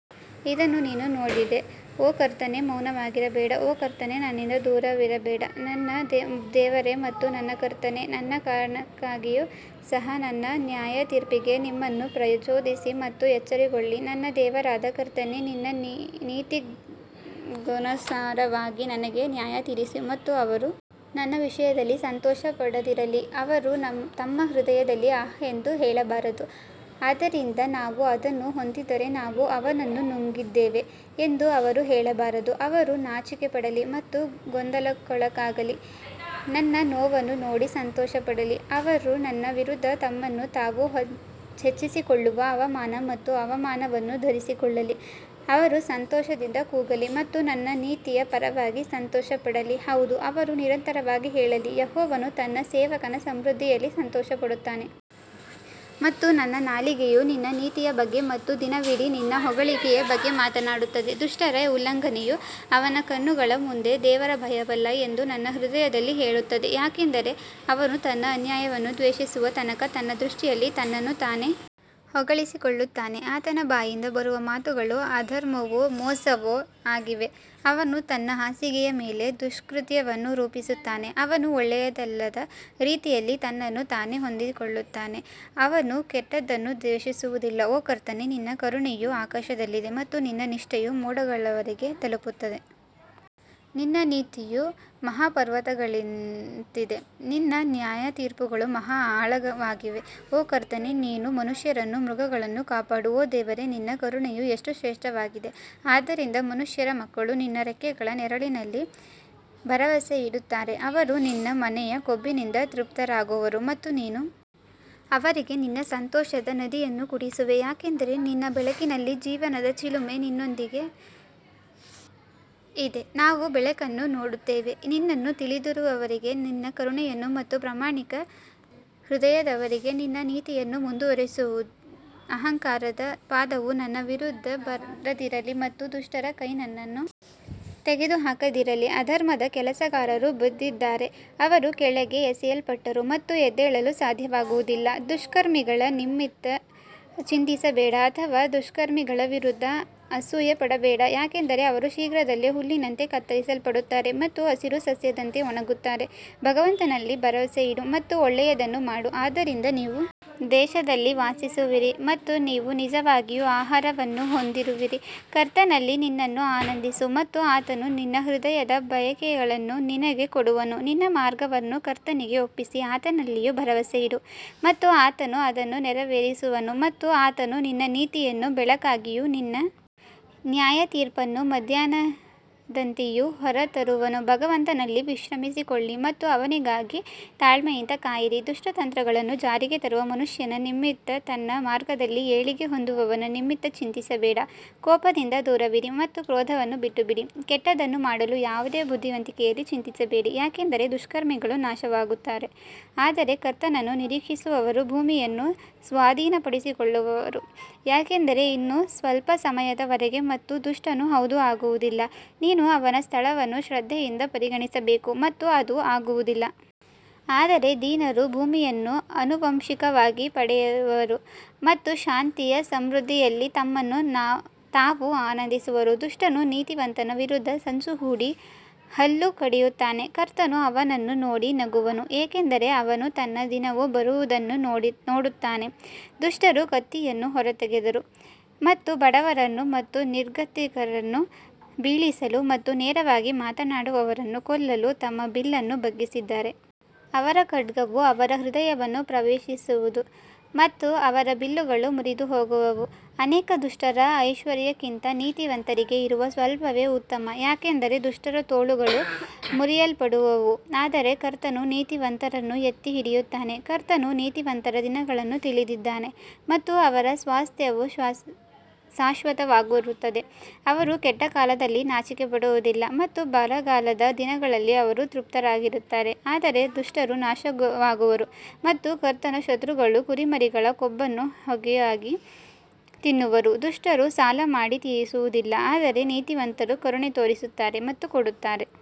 ಇದನ್ನು ನೀನು ನೋಡಿದೆ ಓ ಕರ್ತನೇ ಮೌನವಾಗಿರಬೇಡ ಓ ಕರ್ತನೇ ನನ್ನಿಂದ ದೂರವಿರಬೇಡ ನನ್ನ ದೇವರೇ ಮತ್ತು ನನ್ನ ಕರ್ತನೇ, ನನ್ನ ಕಾರಣಕ್ಕಾಗಿಯೂ ಸಹ ನನ್ನ ನ್ಯಾಯತೀರ್ಪಿಗೆ ನಿಮ್ಮನ್ನು ಪ್ರಚೋದಿಸಿ ಮತ್ತು ಎಚ್ಚರಗೊಳ್ಳಿ ನನ್ನ ದೇವರಾದ ಕರ್ತನೇ ನಿನ್ನ ನೀತಿಗನುಸಾರವಾಗಿ ನನಗೆ ನ್ಯಾಯತೀರಿಸು ಮತ್ತು ಅವರು ನನ್ನ ವಿಷಯದಲ್ಲಿ ಸಂತೋಷಪಡದಿರಲಿ ಅವರು ತಮ್ಮ ಹೃದಯದಲ್ಲಿ ಆಹ್ ಎಂದು ಹೇಳಬಾರದು, ಆದ್ದರಿಂದ ನಾವು ಅದನ್ನು ಹೊಂದಿದ್ದರೆ ನಾವು ಅವನನ್ನು ನುಂಗಿದ್ದೇವೆ ಎಂದು ಅವರು ಹೇಳಬಾರದು ಅವರು ನಾಚಿಕೆಪಡಲಿ ಮತ್ತು ಗೊಂದಲಕ್ಕೊಳಗಾಗಲಿ, ನನ್ನ ನೋವನ್ನು ನೋಡಿ ಸಂತೋಷಪಡಲಿ, ಅವರು ನನ್ನ ವಿರುದ್ಧ ತಮ್ಮನ್ನು ತಾವು ಹೆಚ್ಚಿಸಿಕೊಳ್ಳುವ ಅವಮಾನ ಮತ್ತು ಅವಮಾನವನ್ನು ಧರಿಸಿಕೊಳ್ಳಲಿ ಅವರು ಸಂತೋಷದಿಂದ ಕೂಗಲಿ ಮತ್ತು ನನ್ನ ನೀತಿಯ ಪರವಾಗಿ ಸಂತೋಷಪಡಲಿ, ಹೌದು ಅವರು ನಿರಂತರವಾಗಿ ಹೇಳಲಿ, ಯೆಹೋವನು ತನ್ನ ಸೇವಕನ ಸಮೃದ್ಧಿಯಲ್ಲಿ ಸಂತೋಷಪಡುತ್ತಾನೆ. ಮತ್ತು ನನ್ನ ನಾಲಿಗೆಯು ನಿನ್ನ ನೀತಿಯ ಬಗ್ಗೆ ಮತ್ತು ದಿನವಿಡೀ ನಿನ್ನ ಹೊಗಳಿಕೆಯ ಬಗ್ಗೆ ಮಾತನಾಡುತ್ತದೆ ದುಷ್ಟರ ಉಲ್ಲಂಘನೆಯು ಅವನ ಕಣ್ಣುಗಳ ಮುಂದೆ ದೇವರ ಭಯವಿಲ್ಲ ಎಂದು ನನ್ನ ಹೃದಯದಲ್ಲಿ ಹೇಳುತ್ತದೆ ಯಾಕಂದರೆ ಅವನು ತನ್ನ ಅನ್ಯಾಯವನ್ನು ದ್ವೇಷಿಸುವ ತನಕ ತನ್ನ ದೃಷ್ಟಿಯಲ್ಲಿ ತನ್ನನ್ನು ತಾನೇ ಹೊಗಳಿಕೊಳ್ಳುತ್ತಾನೆ ಆತನ ಬಾಯಿಂದ ಬರುವ ಮಾತುಗಳು ಅಧರ್ಮವೂ ಮೋಸವೂ ಆಗಿವೆ, ಅವನು ತನ್ನ ಹಾಸಿಗೆಯ ಮೇಲೆ ದುಷ್ಕೃತ್ಯವನ್ನು ರೂಪಿಸುತ್ತಾನೆ, ಅವನು ಒಳ್ಳೆಯದಲ್ಲದ ರೀತಿಯಲ್ಲಿ ತನ್ನನ್ನು ತಾನೇ ಹೊಂದಿಸಿಕೊಳ್ಳುತ್ತಾನೆ, ಅವನು ಕೆಟ್ಟದ್ದನ್ನು ದ್ವೇಷಿಸುವುದಿಲ್ಲ ಓ ಕರ್ತನೇ ನಿನ್ನ ಕರುಣೆಯು ಆಕಾಶದಲ್ಲಿದೆ ಮತ್ತು ನಿನ್ನ ನಿಷ್ಠೆಯು ಮೋಡಗಳವರೆಗೆ ತಲುಪುತ್ತದೆ ನಿನ್ನ ನೀತಿಯು ಮಹಾಪರ್ವತಗಳಂತಿದೆ ನಿನ್ನ ನ್ಯಾಯತೀರ್ಪುಗಳು ಮಹಾ ಆಳವಾಗಿವೆ ಓ ಕರ್ತನೇ ನೀನು ಮನುಷ್ಯರನ್ನೂ ಮೃಗಗಳನ್ನೂ ಕಾಪಾಡು ಓ ದೇವರೇ ನಿನ್ನ ಕರುಣೆಯು ಎಷ್ಟು ಶ್ರೇಷ್ಠವಾಗಿದೆ, ಆದ್ದರಿಂದ ಮನುಷ್ಯರ ಮಕ್ಕಳು ನಿನ್ನ ರೆಕ್ಕೆಗಳ ನೆರಳಿನಲ್ಲಿ ಭರವಸೆಯಿಡುತ್ತಾರೆ ಅವರು ನಿನ್ನ ಮನೆಯ ಕೊಬ್ಬಿನಿಂದ ತೃಪ್ತರಾಗುವರು ಮತ್ತು ನೀನು ಅವರಿಗೆ ನಿನ್ನ ಸಂತೋಷದ ನದಿಯನ್ನು ಕುಡಿಸುವೆ ಯಾಕಂದರೆ ನಿನ್ನ ಬೆಳಕಿನಲ್ಲಿ ಜೀವನದ ಚಿಲುಮೆ ನಿನ್ನೊಂದಿಗಿದೆ ನಾವು ಬೆಳಕನ್ನು ನೋಡುತ್ತೇವೆ ನಿನ್ನನ್ನು ತಿಳಿದಿರುವವರಿಗೆ ನಿನ್ನ ಕರುಣೆಯನ್ನು ಮತ್ತು ಪ್ರಾಮಾಣಿಕ ಹೃದಯದವರಿಗೆ ನಿನ್ನ ನೀತಿಯನ್ನು ಮುಂದುವರಿಸು ಅಹಂಕಾರದ ಪಾದವು ನನ್ನ ವಿರುದ್ಧ ಬರದಿರಲಿ ಮತ್ತು ದುಷ್ಟರ ಕೈ ನನ್ನನ್ನು ತೆಗೆದುಹಾಕದಿರಲಿ ಅಧರ್ಮದ ಕೆಲಸಗಾರರು ಬಿದ್ದಿದ್ದಾರೆ ಅವರು ಕೆಳಗೆ ಎಸೆಯಲ್ಪಟ್ಟರು ಮತ್ತು ಎದ್ದೇಳಲು ಸಾಧ್ಯವಾಗುವುದಿಲ್ಲ ದುಷ್ಕರ್ಮಿಗಳ ನಿಮಿತ್ತ ಚಿಂತಿಸಬೇಡ ಅಥವಾ ದುಷ್ಕರ್ಮಿಗಳ ವಿರುದ್ಧ ಅಸೂಯೆಪಡಬೇಡ ಯಾಕಂದರೆ ಅವರು ಶೀಘ್ರದಲ್ಲೇ ಹುಲ್ಲಿನಂತೆ ಕತ್ತರಿಸಲ್ಪಡುತ್ತಾರೆ ಮತ್ತು ಹಸಿರು ಸಸ್ಯದಂತೆ ಒಣಗುತ್ತಾರೆ ಭಗವಂತನಲ್ಲಿ ಭರವಸೆಯಿಡು ಮತ್ತು ಒಳ್ಳೆಯದನ್ನು ಮಾಡು, ಆದ್ದರಿಂದ ನೀವು ದೇಶದಲ್ಲಿ ವಾಸಿಸುವಿರಿ ಮತ್ತು ನೀವು ನಿಜವಾಗಿಯೂ ಆಹಾರವನ್ನು ಹೊಂದುವಿರಿ ಕರ್ತನಲ್ಲಿ ನಿನ್ನನ್ನು ಆನಂದಿಸು ಮತ್ತು ಆತನು ನಿನ್ನ ಹೃದಯದ ಬಯಕೆಗಳನ್ನು ನಿನಗೆ ಕೊಡುವನು ನಿನ್ನ ಮಾರ್ಗವನ್ನು ಕರ್ತನಿಗೆ ಒಪ್ಪಿಸಿ ಆತನಲ್ಲಿಯೂ ಭರವಸೆಯಿಡು ಮತ್ತು ಆತನು ಅದನ್ನು ನೆರವೇರಿಸುವನು ಮತ್ತು ಆತನು ನಿನ್ನ ನೀತಿಯನ್ನು ಬೆಳಕಾಗಿಯೂ ನಿನ್ನ ನ್ಯಾಯತೀರ್ಪನ್ನು ಮಧ್ಯಾಹ್ನದಂತೆಯೂ ಹೊರತರುವನು ಭಗವಂತನಲ್ಲಿ ವಿಶ್ರಮಿಸಿಕೊಳ್ಳಿ ಮತ್ತು ಅವನಿಗಾಗಿ ತಾಳ್ಮೆಯಿಂದ ಕಾಯಿರಿ, ದುಷ್ಟ ತಂತ್ರಗಳನ್ನು ಜಾರಿಗೆ ತರುವ ಮನುಷ್ಯನ ನಿಮಿತ್ತ ತನ್ನ ಮಾರ್ಗದಲ್ಲಿ ಏಳಿಗೆ ಹೊಂದುವವನ ನಿಮಿತ್ತ ಚಿಂತಿಸಬೇಡ ಕೋಪದಿಂದ ದೂರವಿರಿ ಮತ್ತು ಕ್ರೋಧವನ್ನು ಬಿಟ್ಟುಬಿಡಿ, ಕೆಟ್ಟದ್ದನ್ನು ಮಾಡಲು ಯಾವುದೇ ಬುದ್ಧಿವಂತಿಕೆಯಲ್ಲಿ ಚಿಂತಿಸಬೇಡಿ ಯಾಕಂದರೆ ದುಷ್ಕರ್ಮಿಗಳು ನಾಶವಾಗುತ್ತಾರೆ ಆದರೆ ಕರ್ತನನ್ನು ನಿರೀಕ್ಷಿಸುವವರು ಭೂಮಿಯನ್ನು ಸ್ವಾಧೀನಪಡಿಸಿಕೊಳ್ಳುವರು ಯಾಕಂದರೆ ಇನ್ನೂ ಸ್ವಲ್ಪ ಸಮಯದವರೆಗೆ ಮತ್ತು ದುಷ್ಟನು ಹೌದು ಆಗುವುದಿಲ್ಲ, ನೀನು ಅವನ ಸ್ಥಳವನ್ನು ಶ್ರದ್ಧೆಯಿಂದ ಪರಿಗಣಿಸಬೇಕು ಮತ್ತು ಅದು ಆಗುವುದಿಲ್ಲ. ಆದರೆ ದೀನರು ಭೂಮಿಯನ್ನು ಆನುವಂಶಿಕವಾಗಿ ಪಡೆಯುವರು ಮತ್ತು ಶಾಂತಿಯ ಸಮೃದ್ಧಿಯಲ್ಲಿ ತಮ್ಮನ್ನು ತಾವು ಆನಂದಿಸುವರು ದುಷ್ಟನು ನೀತಿವಂತನ ವಿರುದ್ಧ ಸಂಚು ಹೂಡಿ ಹಲ್ಲು ಕಡಿಯುತ್ತಾನೆ ಕರ್ತನು ಅವನನ್ನು ನೋಡಿ ನಗುವನು ಏಕೆಂದರೆ ಅವನು ತನ್ನ ದಿನವು ಬರುವುದನ್ನು ನೋಡುತ್ತಾನೆ ದುಷ್ಟರು ಕತ್ತಿಯನ್ನು ಹೊರತೆಗೆದರು ಮತ್ತು ಬಡವರನ್ನು ಮತ್ತು ನಿರ್ಗತಿಕರನ್ನು ಬೀಳಿಸಲು ಮತ್ತು ನೇರವಾಗಿ ಮಾತನಾಡುವವರನ್ನು ಕೊಲ್ಲಲು ತಮ್ಮ ಬಿಲ್ಲನ್ನು ಬಗ್ಗಿಸಿದ್ದಾರೆ. ಅವರ ಖಡ್ಗವು ಅವರ ಹೃದಯವನ್ನು ಪ್ರವೇಶಿಸುವದು ಮತ್ತು ಅವರ ಬಿಲ್ಲುಗಳು ಮುರಿದುಹೋಗುವವು ಅನೇಕ ದುಷ್ಟರ ಐಶ್ವರ್ಯಕ್ಕಿಂತ ನೀತಿವಂತನಿಗೆ ಇರುವ ಸ್ವಲ್ಪವೇ ಉತ್ತಮ ಯಾಕಂದರೆ ದುಷ್ಟರ ತೋಳುಗಳು ಮುರಿಯಲ್ಪಡುವವು ಆದರೆ ಕರ್ತನು ನೀತಿವಂತರನ್ನು ಎತ್ತಿ ಹಿಡಿಯುತ್ತಾನೆ ಕರ್ತನು ನೀತಿವಂತರ ದಿನಗಳನ್ನು ತಿಳಿದಿದ್ದಾನೆ ಮತ್ತು ಅವರ ಸ್ವಾಸ್ತ್ಯವು ಶಾಶ್ವತವಾಗಿರುತ್ತದೆ ಅವರು ಕೆಟ್ಟ ಕಾಲದಲ್ಲಿ ನಾಚಿಕೆಪಡುವದಿಲ್ಲ ಮತ್ತು ಬರಗಾಲದ ದಿನಗಳಲ್ಲಿ ಅವರು ತೃಪ್ತರಾಗುತ್ತಾರೆ ಆದರೆ ದುಷ್ಟರು ನಾಶವಾಗುವರು ಮತ್ತು ಕರ್ತನ ಶತ್ರುಗಳು ಕುರಿಮರಿಗಳ ಕೊಬ್ಬನ್ನು ಹೊಗೆಯಾಗಿ ತಿನ್ನುವರು ದುಷ್ಟರು ಸಾಲ ಮಾಡಿ ತೀರಿಸುವುದಿಲ್ಲ ಆದರೆ ನೀತಿವಂತರು ಕರುಣೆ ತೋರಿಸುತ್ತಾರೆ ಮತ್ತು ಕೊಡುತ್ತಾರೆ.